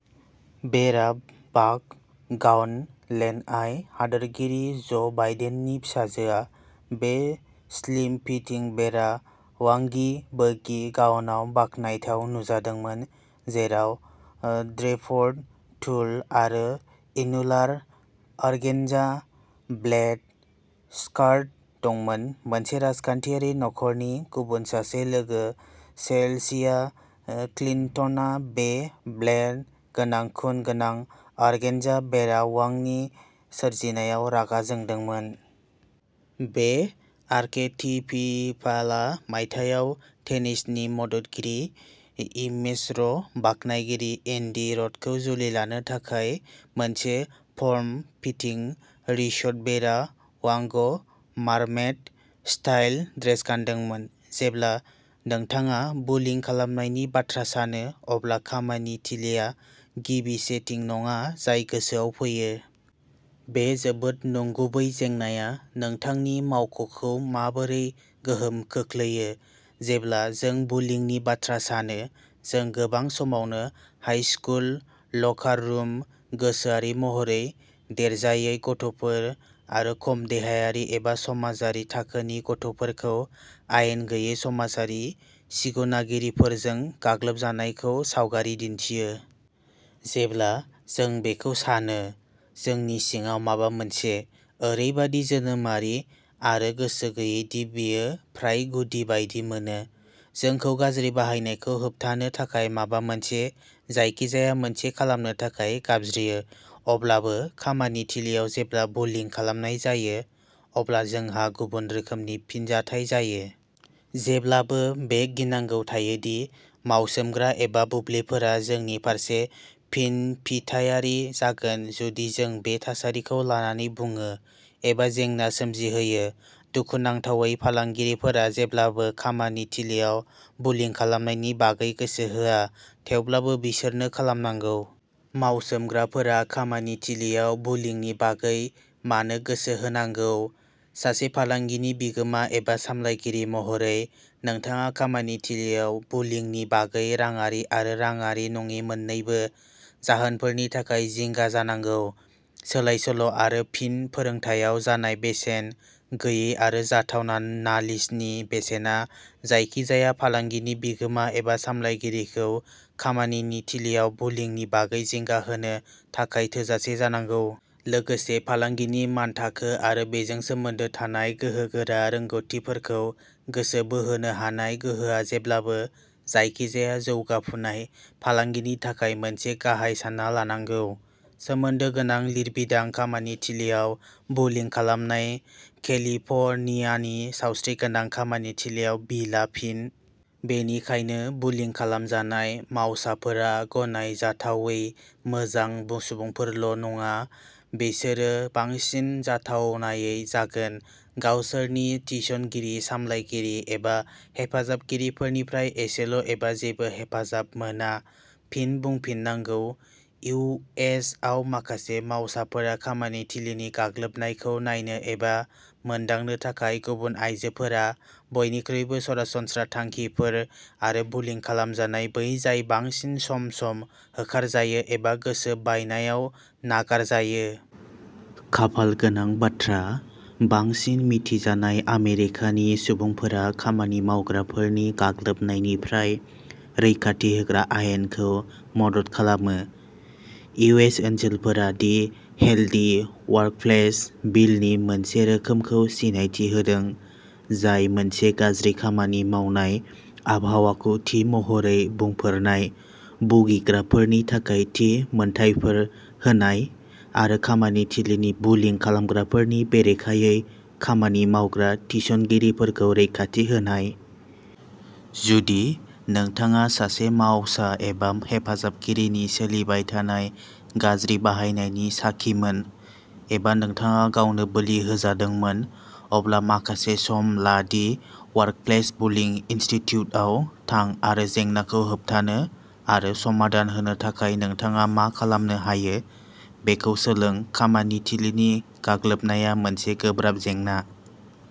Vera बाग gown लेनङाइ हादोरगिरि ज'बाइडेननि फिसाजोआ बे स्लिम-फिटिं भेरा वांगि बोगी गाउनआव बाखनायथाव नुजादोंमोन, जेराव ड्रेपड ट्युल आरो एनुलार अर्गेन्जा ब्लेड स्कार्ट दंमोन। मोनसे राजखान्थियारि नखरनि गुबुन सासे लोगो, चेल्सिया क्लिन्टनआ, बे बेल्ट गोनां, खुन गोनां अर्गेन्जा भेरा वांगनि सोरजिनायाव रागा जोंदोंमोन। बे आरकेटिपिपाला मायथाइयाव टेनिसनि मददगिरि एमेच'र बाख्नायगिरि एन्डि रडखौ जुलि लानो थाखाय मोनसे form fitting, ruched Vera Wang mermaid style dress गानदोंमोन। जेब्ला नोंथाङा बुलिं खालामनायनि बाथ्रा सानो, अब्ला खामानि थिलिआ गिबि सेटिं नङा जाय गोसोआव फैयो। बे जोबोद नंगुबै जेंनाया नोंथांनि मावख'खौ माबोरै गोहोम खोख्लैयो? जेब्ला जों बुलिंनि बाथ्रा सानो, जों गोबां समावनो हाइ स्कुल लकार रुम, गोसोआरि महरै देरजायै गथ'फोर, आरो खम देहायारि एबा समाजारि थाखोनि गथ'फोरखौ आयेन गैयै समाजारि सिगुनारिफोरजों गाग्लोबजानायखौ सावगारि दिन्थियो। जेब्ला जों बेखौ सानो, जोंनि सिङाव माबा मोनसे, ओरैबादि जोनोमारि आरो गोसो गैयै दि बेयो फ्राय गुदि बायदि मोनो, जोंखौ गाज्रि बाहायनायखौ होबथानो थाखाय माबा मोनसे, जायखिजाया मोनसे खालामनो थाखाय गाबज्रियो। अब्लाबो, खामानि थिलिआव, जेब्ला बुलिं खालामनाय जायो, अब्ला जोंहा गुबुन रोखोमनि फिनजाथाय जायो। जेब्लाबो बे गिनांगौ थायो दि मावसोमग्रा एबा बुल्लिफोरा जोंनि फारसे फिनफिथायारि जागोन जुदि जों बे थासारिखौ लानानै बुङो एबा जेंना सोमजिहोयो। दुखुनांथावै फालांगिफोरा जेब्लाबो खामानि थिलिआव बुलिं खालामनायनि बागै गोसो होआ, थेवब्लाबो बिसोरनो खालामनांगौ। मावसोमग्राफोरा खामानि थिलिआव बुलिंनि बागै मानो गोसो होनांगौ? सासे फालांगिनि बिगोमा एबा सामलायगिरि महरै, नोंथाङा खामानि थिलिआव बुलिंनि बागै राङारि आरो राङारि नङै मोननैबो जाहोनफोरनि थाखाय जिंगा जानांगौ। सोलायसोल' आरो फिन-फोरोंथायाव जानाय बेसेन, गैयै आरो जाथावना नालिसनि बेसेना जायखिजाया फालांगिनि बिगोमा एबा सामलायगिरिखौ खामानि थिलिआव बुलिंनि बागै जिंगा होनो थाखाय थोजासे जानांगौ। लोगोसे, फालांगिनि मानथाखो आरो बेजों सोमोन्दो थानाय गोहो गोरा रोंग'थिफोरखौ गोसो बोहोनो हानाय गोहोआ जेब्लाबो जायखिजाया जौगाफुनाय फालांगिनि थाखाय मोनसे गाहाय सानना लानांगौ। सोमोन्दो गोनां लिरबिदां खामानि थिलिआव बुलिं खालामनाय केलिफर्नियानि सावस्रिगोनां खामानि थिलिआव बिलआ फिन? बेनिखायनो बुलिं खालामजानाय मावसाफोरा गनायथावनायै मोजां सुबुंफोरल' नङा, बिसोरो बांसिन जाथावनायै जागोन। गावसोरनि थिसनगिरि, सामलायगिरि एबा हेफाजाबगिरिफोरनिफ्राय एसेल' एबा जेबो हेफाजाब मोना। फिन बुंफिननांगौ इउ. एस. आव माखासे मावसाफोरा खामानि थिलिनि गाग्लोबनायखौ नायनो एबा मोनदांनो थाखाय गुबुन, आइजोफोरा बयनिख्रुइबो सरासनस्रा थांखिफोर, आरो बुलिं खालामजानाया बै जाय बांसिन सम-सम होखारजायो एबा गोसो बायनायाव नागारजायो। खाफाल गोनां बाथ्रा, बांसिन मिथिजानाय आमेरिकानि सुबुंफोरा खामानि मावग्राफोरनि गाग्लोबनायनिफ्राय रैखाथि होग्रा आयेनखौ मदद खालामो। इउ. एस. ओनसोलफोरा दि हेल्दि वर्कप्लेस बिल नि मोनसे रोखोमखौ सिनायथि होदों, जाय मोनसे गाज्रि खामानि मावनाय आबहावाखौ थि महरै बुंफोरनाय भुगिग्राफोरनि थाखाय थि मोनथायफोर होनाय आरो खामानि थिलिनि बुलिं खालामग्राफोरनि बेरेखायै खामानि मावग्रा थिसनगिरिफोरखौ रैखाथि होनाय। जुदि नोंथाङा सासे मावसा एबा हेफाजाबगिरिनि सोलिबाय थानाय गाज्रि बाहायनायनि साखिमोन, एबा नोंथाङा गावनो बोलि होजादोंमोन, अब्ला माखासे सम ला दि वर्कप्लेस बुलिं इनस्टिटिउटआव थां आरो जेंनाखौ होबथानो आरो समाधान होनो थाखाय नोंथाङा मा खालामनो हायो बेखौ सोलों। खामानि थिलिनि गाग्लोबनाया मोनसे गोब्राब जेंना।